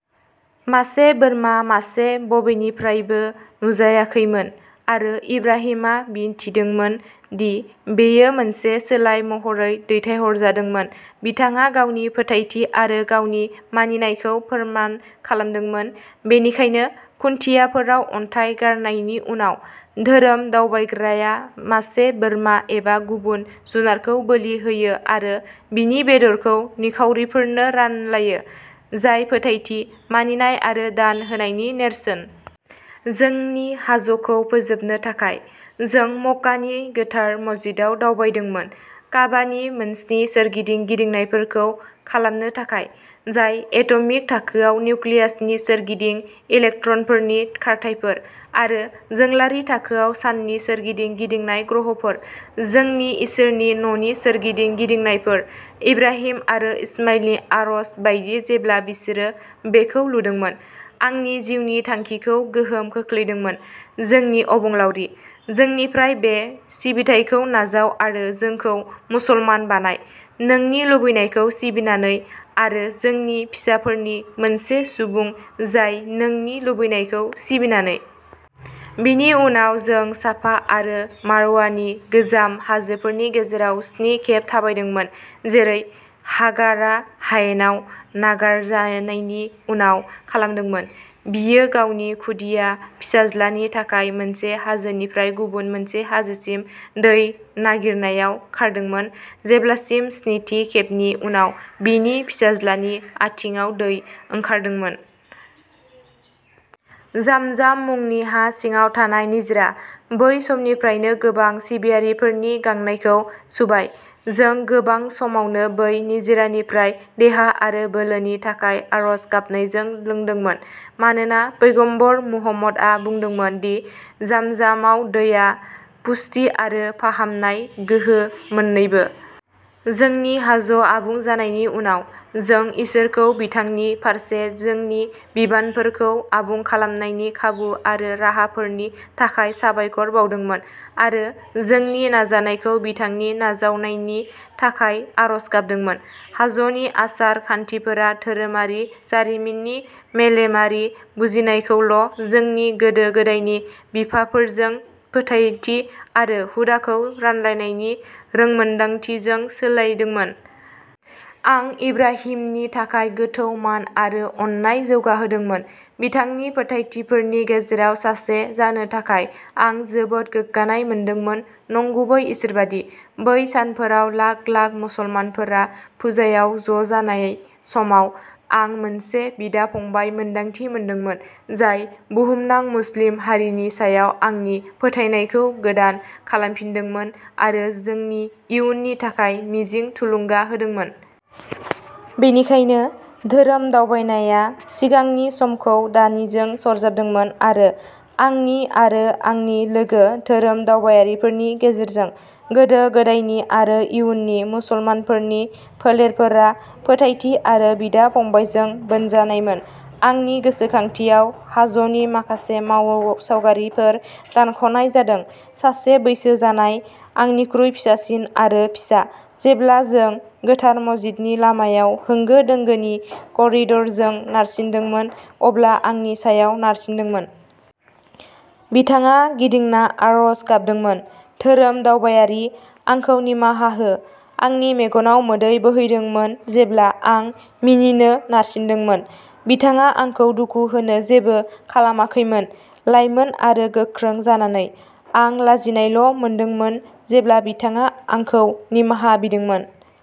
मासे बोरमा मासे बबेनिफ्रायबो नुजायाखैमोन, आरो इब्राहिमआ मिथिदोंमोन दि बेयो मोनसे सोलाय महरै दैथायहरजादोंमोन बिथाङा गावनि फोथायथि आरो गावनि मानिनायखौ फोरमान खालामदोंमोन। बेनिखायनो, खुन्थियाफोराव अन्थाइ गारनायनि उनाव, धोरोम दावबायग्राया मासे बोरमा एबा गुबुन जुनारखौ बोलि होयो आरो बिनि बेदरखौ निखावरिफोरनो रानलायो, जाय फोथायथि, मानिनाय आरो दान होनायनि नेरसोन। जोंनि हाज्जखौ फोजोबनो थाखाय, जों मक्कानि गोथार मस्जिदाव दावबायदोंमोन काबा नि मोनस्नि सोरगिदिं गिदिंनायफोरखौ खालामनो थाखाय, जाय एट'मिक थाखोआव निउक्लियासनि सोरगिदिं इलेक्ट्रनफोरनि खारथाइफोर, आरो जोंलारि थाखोआव साननि सोरगिदिं गिदिंनाय ग्रहफोर। जोंनि इसोरनि न'नि सोरगिदिं गिदिंनायफोर, इब्राहिम आरो इश्माइलनि आरज बायदि जेब्ला बिसोरो बेखौ लुदोंमोन, आंनि जिउनि थांखिखौ गोहोम खोख्लैदोंमोन जोंनि अबंलावरि, जोंनिफ्राय बे सिबिथायखौ नाजाव आरो जोंखौ मुसलमान बानाय, नोंनि लुबैनायखौ सिबिनानै, आरो जोंनि फिसाफोरनि मोनसे सुबुं जाय नोंनि लुबैनायखौ सिबिनानै। बिनि उनाव जों साफा आरो मारवानि गोजाम हाजोफोरनि गेजेराव स्नि खेब थाबायदोंमोन जेरै हागारा हायेनाव नागारजानायनि उनाव खालामदोंमोन। बियो गावनि खुदिया फिसाज्लानि थाखाय मोनसे हाजोनिफ्राय गुबुन मोनसे हाजोसिम दै नागिरनायाव खारदोंमोन जेब्लासिम स्निथि खेबनि उनाव, बिनि फिसाज्लानि आथिंआव दै ओंखारदोंमोन। जामजाम मुंनि हा सिङाव थानाय निजिरा, बै समनिफ्रायनो गोबां सिबियारिफोरनि गांनायखौ सुबाय। जों गोबां समावनो बै निजोरानिफ्राय देहा आरो बोलोनि थाखाय आरज गाबनायजों लोंदोंमोन, मानोना पैगम्बर मुहम्मदआ बुंदोंमोन दि जामजामाव दैआ पुष्टि आरो फाहामनाय गोहो मोन्नैबो। जोंनि हाज्ज आबुं जानायनि उनाव, जों इसोरखौ बिथांनि फारसे जोंनि बिबानफोरखौ आबुं खालामनायनि खाबु आरो राहाफोरनि थाखाय साबायखर बावदोंमोन आरो जोंनि नाजानायखौ बिथांनि नाजावनायनि थाखाय आरज गाबदोंमोन। हाज्जनि आसार खान्थिफोरा धोरोमारि जारिमिननि मेलेमारि बुजिनायखौल' जोंनि गोदो-गोदायनि बिफाफोरजों फोथायथि आरो हुदाखौ रानलायनायनि रोंमोनदांथिजों सोलायदोंमोन। आं इब्राहिमनि थाखाय गोथौ मान आरो अननाय जौगाहोदोंमोन। बिथांनि फोथायथिफोरनि गेजेराव सासे जानो थाखाय आं जोबोद गोग्गानाय मोनदोंमोन नंगुबै इसोरबादि। बै सानफोराव लाख-लाख मुसलमानफोरा फुजायाव ज'जानाय समाव, आं मोनसे बिदा-फंबाय मोन्दांथि मोनदोंमोन जाय बुहुमनां मुस्लिम हारिनि सायाव आंनि फोथायनायखौ गोदान खालामफिनदोंमोन आरो जोंनि इयुननि थाखाय मिजिं थुलुंगा होदोंमोन। बेनिखायनो, धोरोम दावबायनाया सिगांनि समखौ दानिजों सरजाबदोंमोन आरो, आंनि आरो आंनि लोगो धोरोम दावबायारिफोरनि गेजेरजों, गोदो-गोदायनि आरो इयुननि मुसलमानफोरनि फोलेरफोरा फोथायथि आरो बिदा-फंबायजों बोनजानायमोन। आंनि गोसोखांथियाव हाज्जनि माखासे माव सावगारिफोर दानख'नाय जादों। सासे बैसो जानाय, आंनिख्रुइ फिसासिन आरो फिसा, जेब्ला जों गोथार मस्जिदनि लामायाव होंगो-दोंगोनि करिडरजों नारसिनदोंमोन, अब्ला आंनि सायाव नारसिन्दोंमोन। बिथाङा गिदिंना आर'ज गाबदोंमोन, धोरोम दावबायारि, आंखौ निमाहा हो। आंनि मेगनाव मोदै बोहैदोंमोन जेब्ला आं मिनिनो नारसिनदोंमोन। बिथाङा आंखौ दुखु होनो जेबो खालामाखैमोन। लाइमोन आरो गोख्रों जानानै, आं लाजिनायल' मोनदोंमोन जेब्ला बिथाङा आंखौ निमाहा बिदोंमोन।